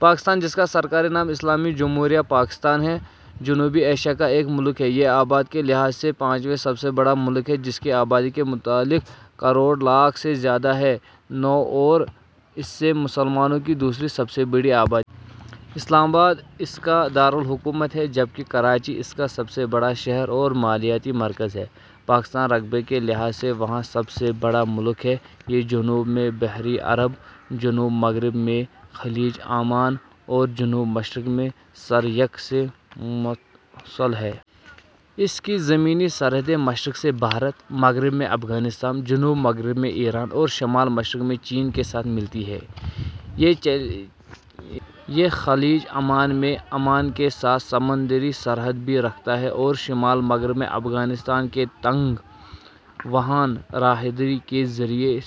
پاکستان ، جس کا سرکاری نام اسلامی جمہوریہ پاکستان ہے، جنوبی ایشیا کا ایک ملک ہے۔ یہ آبادی کے لحاظ سے پانچواں سب سے بڑا ملک ہے، جس کی آبادی کے مطابق کروڑ لاکھ سے زیادہ ہے، ٹ اور اس میں مسلمانوں کی دوسری سب سے بڑی آبادی ہے۔ اسلام آباد اس کا دار الحکومت ہے، جبکہ کراچی اس کا سب سے بڑا شہر اور مالیاتی مرکز ہے۔ پاکستان رقبے کے لحاظ سے واں سب سے بڑا ملک ہے۔ یہ جنوب میں بحیرہ عرب ، جنوب مغرب میں خلیج عمان اور جنوب مشرق میں سر کریک سے متصل ہے۔ اس کی زمینی سرحدیں مشرق میں بھارت ، مغرب میں افغانستان ، جنوب مغرب میں ایران اور شمال مشرق میں چین کے ساتھ ملتی ہیں۔ یہ خلیج عمان میں عمان کے ساتھ سمندری سرحد بھی رکھتا ہے اور شمال مغرب میں افغانستان کے تنگ واخان راہداری کے ذریعے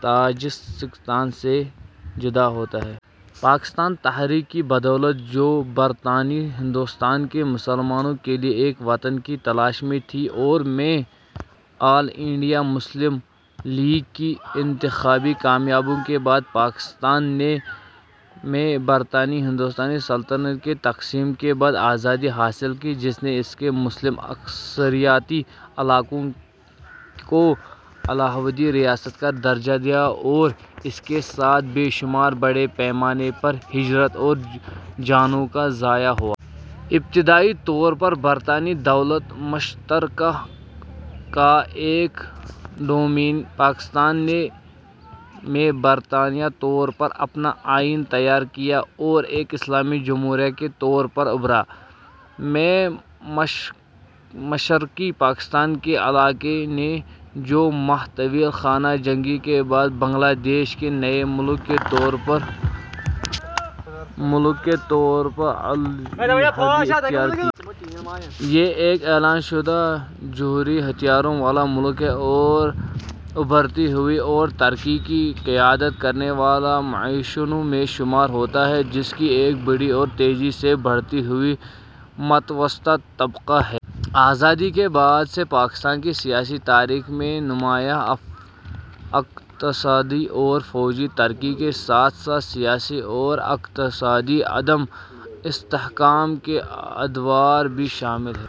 تاجکستان سے جدا ہوتا ہے۔ پاکستان تحریک کی بدولت، جو برطانوی ہندوستان کے مسلمانوں کے لیے ایک وطن کی تلاش میں تھی اور میں آل انڈیا مسلم لیگ کی انتخابی کامیابیوں کے بعد، پاکستان نے میں برطانوی ہندوستانی سلطنت کی تقسیم کے بعد آزادی حاصل کی، جس نے اس کے مسلم اکثریتی علاقوں کو علاحدہ ریاست کا درجہ دیا اور اس کے ساتھ بے مثال بڑے پیمانے پر ہجرت اور جانوں کا ضیاع ہوا۔ ابتدائی طور پر برطانوی دولت مشترکہ کا ایک ڈومینین ، پاکستان نے میں باضابطہ طور پر اپنا آئین تیار کیا اور ایک اسلامی جمہوریہ کے طور پر ابھرا۔ میں، مشرقی پاکستان کے علاقے نے نو ماہ طویل خانہ جنگی کے بعد بنگلہ دیش کے نئے ملک کے طور پر علیحدگی اختیار کی۔ یہ ایک اعلان شدہ جوہری ہتھیاروں والا ملک ہے اور ابھرتی ہوئی اور ترقی کی قیادت کرنے والی معیشتوں میں شمار ہوتا ہے، جس کی ایک بڑی اور تیزی سے بڑھتی ہوئی متوسط طبقہ ہے۔ آزادی کے بعد سے پاکستان کی سیاسی تاریخ میں نمایاں اقتصادی اور فوجی ترقی کے ساتھ ساتھ سیاسی اور اقتصادی عدم استحکام کے ادوار بھی شامل ہیں۔